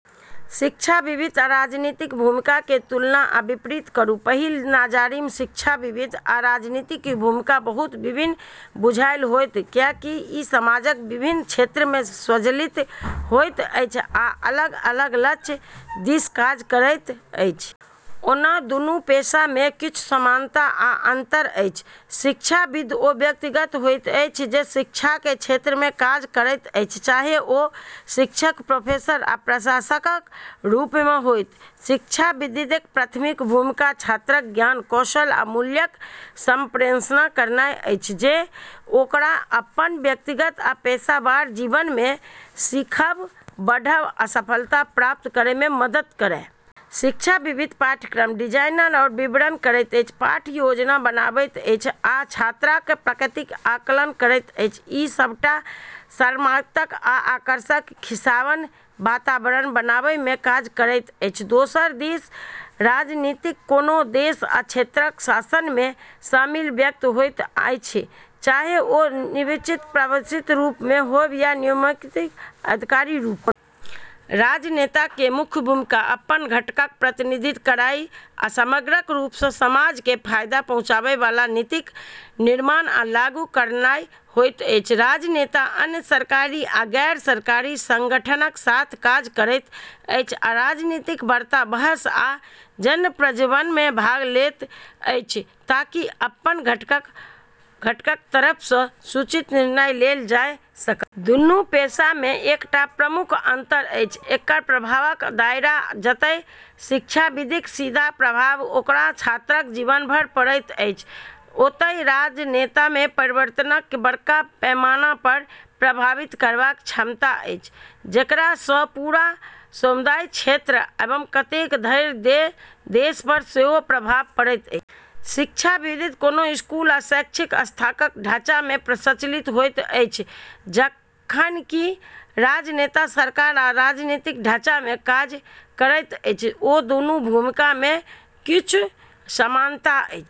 शिक्षाविद आ राजनीतिज्ञक भूमिकाक तुलना आ विपरीत करू। पहिल नजरिमे शिक्षाविद आ राजनीतिज्ञक भूमिका बहुत भिन्न बुझाइत होयत, किएकि ई समाजक विभिन्न क्षेत्रमे सञ्चालित होइत अछि आ अलग-अलग लक्ष्य दिस काज करैत अछि। ओना दूनू पेशामे किछु समानता आ अन्तर अछि। शिक्षाविद ओ व्यक्ति होइत अछि जे शिक्षाक क्षेत्रमे काज करैत अछि, चाहे ओ शिक्षक, प्रोफेसर वा प्रशासकक रूपमे होय। शिक्षाविदक प्राथमिक भूमिका छात्रक ज्ञान, कौशल आ मूल्यक सम्प्रेषण करनाइ अछि, जे ओकरा अपन व्यक्तिगत आ पेशेवर जीवनमे सिखब, बढ़ब आ सफलता प्राप्त करैमे मदद करय। शिक्षाविद पाठ्यक्रमक डिजाइन आ वितरण करैत अछि, पाठ योजना बनाबैत अछि, आ छात्रक प्रगतिक आकलन करैत अछि, ई सबटा सकारात्मक आ आकर्षक सिखबाक वातावरण बनाबैमे काज करैत अछि। दोसर दिस राजनीतिज्ञ कोनो देश वा क्षेत्रक शासनमे शामिल व्यक्ति होइत अछि, चाहे ओ निर्वाचित प्रतिनिधि रूपमे होय वा नियुक्त अधिकारीक रूपमे। राजनेताक मुख्य भूमिका अपन घटकक प्रतिनिधित्व करनाइ आ समग्र रूपसँ समाजकेँ फायदा पहुँचाबै वाला नीतिक निर्माण आ लागू करनाइ होइत अछि। राजनेता अन्य सरकारी आ गैर-सरकारी सङ्गठनक साथ काज करैत अछि आ राजनीतिक वार्ता, बहस आ जन-प्रवचनमे भाग लेत अछि, ताकि अपन घटकक तरफसँ सूचित निर्णय लेल जाय सकय। दूनू पेशामे एकटा प्रमुख अन्तर अछि एकर प्रभावक दायरा। जतय शिक्षाविदक सीधा प्रभाव ओकर छात्रक जीवनपर पड़ैत अछि, ओतही राजनेतामे परिवर्तनकेँ बड़का पैमानापर प्रभावित करबाक क्षमता अछि, जेकरासँ पूरा समुदाय, क्षेत्र, वा एतेक धरि जे देशपर सेहो प्रभाव पड़ैत अछि। शिक्षाविद कोनो स्कूल वा शैक्षणिक संस्थानक ढाँचामे सञ्चालित होइत छथि, जखन कि राजनेता सरकार आ राजनीतिक ढाँचामे काज करैत छथि। ओना दूनू भूमिकामे किछु समानता अछि।